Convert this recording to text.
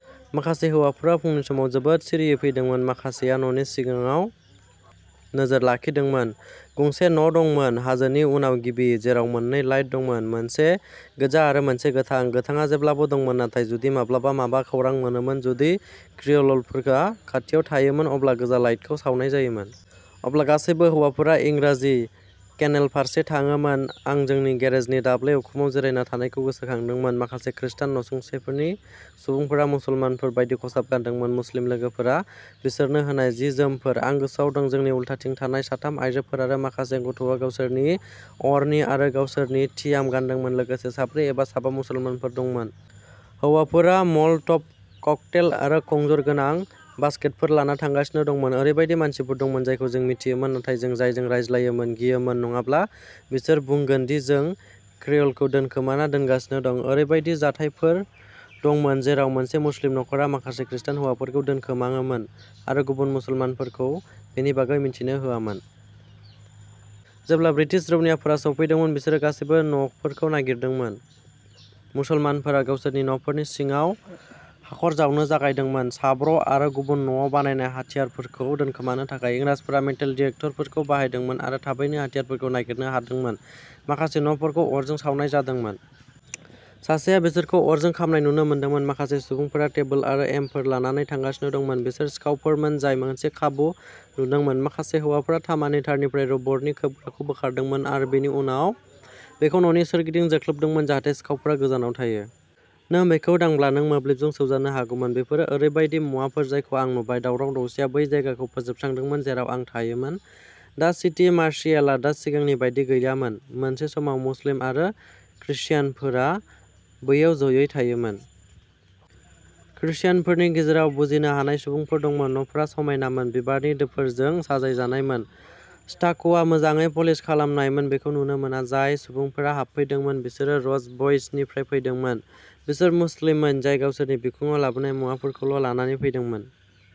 माखासे हौवाफोरा फुंनि समाव जोबोद सिरियै फैदोंमोन। माखासेया न'नि सिगाङाव नोजोर लाखिदोंमोन। गंसे न'दंमोन, हाजोनि उनाव गिबि, जेराव मोननै लाइट दंमोन, मोनसे गोजा आरो मोनसे गोथां। गोथांआ जेब्लाबो दंमोन, नाथाय जुदि माब्लाबा माबा खौरां मोनोमोन, जुदि क्रिय'लफोरा खाथियाव थायोमोन, अब्ला गोजा लाइटखौ सावनाय जायोमोन। अब्ला गासैबो हौवाफोरा'इंराजि केनेल'फारसे थाङोमोन। आं जोंनि गेरेजनि दाब्ले उखुमाव जिरायना थानायखौ गोसोखांदोंमोन। माखासे खृस्टान नसुंसेनि सुबुंफोरा मुसलमानफोर बायदि खसाब गानदोंमोन, मुस्लिम लोगोफोरा बिसोरनो होनाय जि-जोमफोर। आं गोसोआव दं, जोंनि उल्थाथिं थानाय साथाम आयजोफोर आरो सासे गथ'आ गावसोरनि'अरनी'आरो गावसोरनि'टियास'गानदोंमोन, लोगोसे साब्रै एबा साबा मुसलमानफोर दंमोन। हौवाफोरा म'ल'ट'भ ककटेल आरो खंजर गोनां बासकेटफोर लाना थांगासिनो दंमोन। ओरैबायदि मानसिफोर दंमोन जायखौ जों मिथियोमोन, नाथाय जों जायजों रायज्लायनो गियोमोन नङाब्ला बिसोर बुंगोन दि जों क्रेअ'लखौ दोनखोमाना दोनगासिनो दं। ओरैबायदि जाथायफोर दंमोन जेराव मोनसे मुस्लिम नख'रा माखासे खृस्टान हौवाफोरखौ दोनखोमाङोमोन, आरो गुबुन मुसलमानफोरखौ बेनि बागै मिन्थिनो होआमोन। जेब्ला ब्रिटिश रौनियाफोरा सौफैदोंमोन, बिसोरो गासैबो न'फोरखौ नागिरदोंमोन। मुसलमानफोरा गावसोरनि न'फोरनि सिगाङाव हाखर जावनो जागायदोंमोन साब्र आरो गुबुन न'आव बानायनाय हाथियारफोरखौ दोनखोमानो थाखाय। इंराजफोरा मेटेल डिटेक्टरफोर बाहायदोंमोन आरो थाबैनो हाथियारफोरखौ नागिरनो हादोंमोन। माखासे न'फोरखौ अरजों सावनाय जादोंमोन। सासेआ बिसोरखौ अरजों खामनाय नुनो मोनदोंमोन। माखासे सुबुंफोरा टेबोल आरो एमफोर लानानै थांगासिनो दंमोन। बिसोर सिखावफोरमोन जाय मोनसे खाबु नुदोंमोन। माखासे हौवाफोरा तामानि तारनिफ्राय रबरनि खोबग्राखौ बोखारदोंमोन आरो उनाव बेखौ न'नि सोरगिदिं जोख्लोबदोंमोन जाहाथे सिखावफोरा गोजानाव थायो। नों बेखौ दांब्ला, नों मोब्लिबजों सौजानो हागौमोन। बेफोरो ओरैबायदि मुवाफोर जायखौ आं नुबाय। दावराव-दावसिया बै जायगाखौ फोजोबस्रांदोंमोन जेराव आं थायोमोन। दि सिटि मार्शियेलआ दा सिगांनि बादि गैयामोन। मोनसे समाव मुस्लिम आरो क्रिश्चियानफोरा बैयाव जयै थायोमोन। क्रिश्चियानफोरनि गेजेराव'बुजिनो हानाय'सुबुंफोर दंमोन। न'फोरा समायनामोन, बिबारनि दोफोरजों साजायजानायमोन। स्टाक'आ मोजाङै पालिश खालामनायमोन। बेखौ नुनो मोना। जाय सुबुंफोरा हाबफैदोंमोन बिसोर र'च बइसनिफ्राय फैदोंमोन; बिसोर मुस्लिममोन जाय गावसोरनि बिखुङाव लाबोनाय मुवाफोरखौल'लानानै फैदोंमोन।